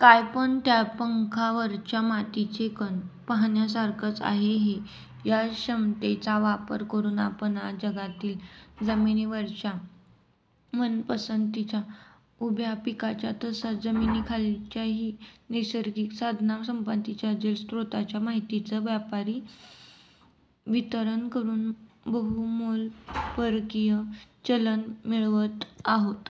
काय, पण त्या पंखावरच्या मातीचे कण पाहण्यासारखंच आहे हे! या क्षमतेचा वापर करून आपण आज जगातील जमिनीवरच्या वनसंपदेच्या, उभ्या पिकांच्या तसंच जमिनीखालच्याही नैसर्गिक साधनसंपत्तीच्या, जलस्रोतांच्या, माहितीचं व्यापारी वितरण करून बहुमोल परकीय चलन मिळवत आहोत.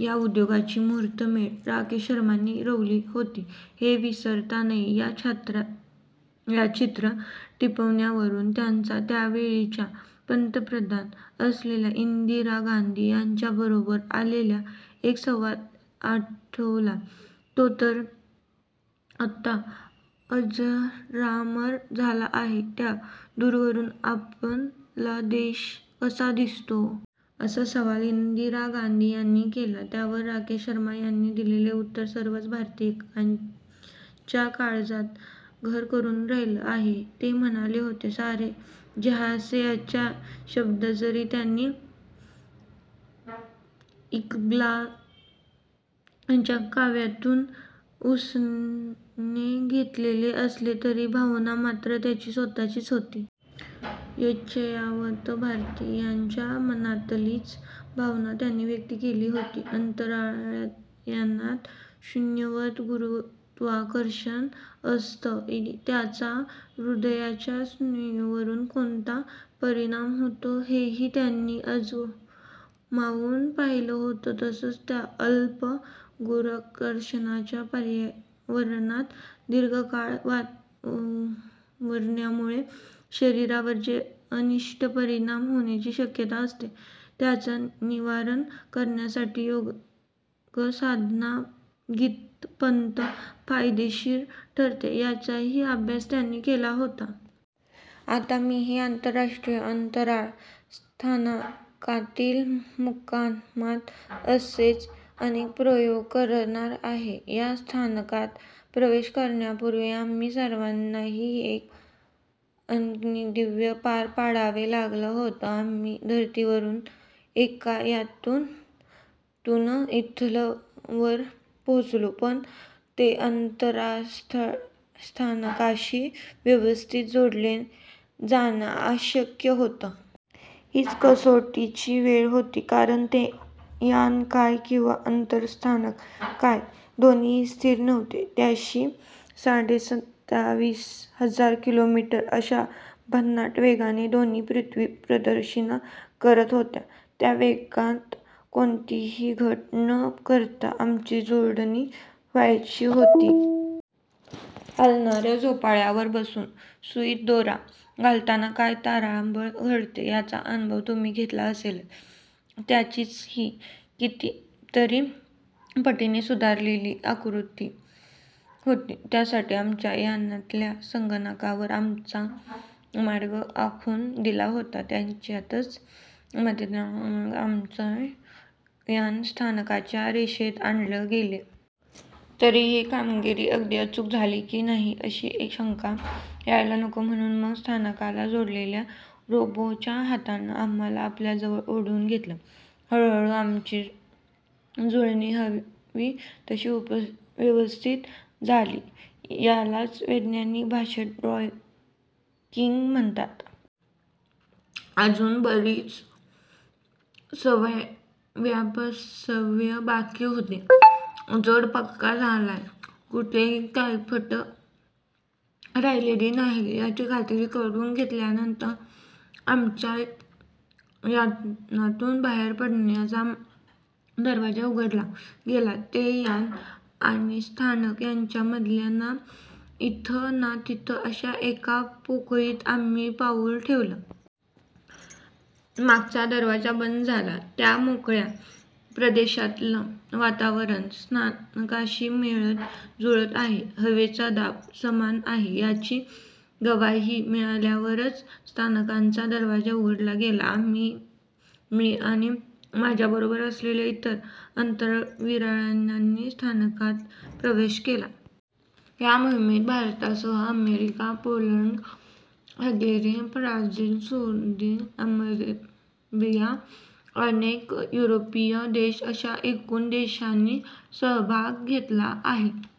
या उद्योगाची मुहूर्तमेढ राकेश शर्मांनी रोवली होती, हे विसरता नये. या छायाचित्रं टिपण्यावरून त्यांचा त्यावेळच्या पंतप्रधान असलेल्या इंदिरा गांधी यांच्याबरोबर झालेला एक संवाद आठवला. तो तर आता अजरामर झाला आहे. 'त्या दूरवरून आपला देश कसा दिसतो? ' असा सवाल इंदिरा गांधी यांनी केला. त्यावर राकेश शर्मा यांनी दिलेलं उत्तर सर्वच भारतीयांच्या काळजात घर करून राहिलं आहे. ते म्हणाले होते, ̔सारे जहाँसे अच्छा!. शब्द जरी त्यांनी इक्बाल यांच्या काव्यातून उसने घेतलेले असले, तरी भावना मात्र त्यांची स्वतःचीच होती. यच्चयावत भारतीयांच्या मनातलीच भावना त्यांनी व्यक्त केली होती. अंतराळयानात शून्यवत गुरुत्त्वाकर्षण असतं. त्याचा हृदयाच्या स्नायूंवर कोणता परिणाम होतो, हेही त्यांनी अजमावून पाहिलं होतं. तसंच त्या अल्प गुरुत्त्वाकर्षणाच्या पर्यावरणात दीर्घ काळ वावरण्यामुळे शरीरावर जे अनिष्ट परिणाम होण्याची शक्यता असते, त्यांचं निवारण करण्यासाठी योगसाधना कितपत फायदेशीर ठरते, याचाही अभ्यास त्यांनी केला होता. आता मीही आंतरराष्ट्रीय अंतराळ स्थानकातील मुक्कामात असेच अनेक प्रयोग करणार आहे. या स्थानकात प्रवेश करण्यापूर्वी आम्हा सर्वांनाही एक अग्निदिव्य पार पाडावं लागलं होतं. आम्ही धरतीवरून एका यानातून इथवर पोचलो. पण ते अंतराळस्थानकाशी व्यवस्थित जोडलं जाणं आवश्यक होतं. हीच कसोटीची वेळ होती. कारण ते यान काय किंवा अंतराळस्थानक काय, दोन्हीही स्थिर नव्हते. ताशी साडेसत्तावीस हजार किलोमीटर अशा भन्नाट वेगाने दोन्ही पृथ्वीप्रदक्षिणा करत होतो. त्या वेगात कोणतीही घट न करता आमची जोडणी व्हायची होती. हालणाऱ्या झोपाळ्यावर बसून सुईत दोरा घालताना काय तारांबळ उडते, याचा अनुभव तुम्ही घेतला असेलच. त्याचीच ही कितीतरी पटीनं सुधारलेली आवृत्ती होती. त्यासाठी आमच्या यानातल्या संगणकावर आमचा मार्ग आखून दिला होता. त्याच्याच मदतीनं मग आमचं यान स्थानकाच्या रेषेत आणलं गेलं. तरीही ही कामगिरी अगदी अचूक झाली की नाही, अशी शंका यायला नको म्हणून मग स्थानकाला जोडलेल्या रोबोच्या हातानं आम्हांला आपल्या जवळ ओढून घेतलं. हळूहळू आमची जुळणी हवी तशी व्यवस्थित झाली. यालाच वैज्ञानिक भाषेत 'डॉकिंग' म्हणतात. अजूनही बरीच सव्यापसव्य बाकी होती. जोड पक्का झालाय, कुठंही काही फट राहिलेली नाही, याची खात्री करून घेतल्यानंतर आमच्या यानातून बाहेर पडण्याचा दरवाजा उघडला गेला. ते यान आणि स्थानक यांच्यामधल्या ना इथं ना तिथं अशा एका पोकळीत आम्ही पाऊल ठेवलं. मागचा दरवाजा बंद झाला. त्या मोकळ्या प्रदेशातलं वातावरण स्थानकाशी मिळतं जुळतं आहे, हवेचा दाब समान आहे, याची ग्वाही मिळाल्यावरच स्थानकाचा दरवाजा उघडला गेला. आम्ही, मी आणि माझ्या बरोबर असलेल्या इतर अंतराळवीरांनी स्थानकात प्रवेश केला. या मोहिमेत भारतासह America, Poland, Hungary, Brazil, Saudi Arabia, अनेक युरोपीय देश अशा एकूण देशांनी सहभाग घेतला आहे.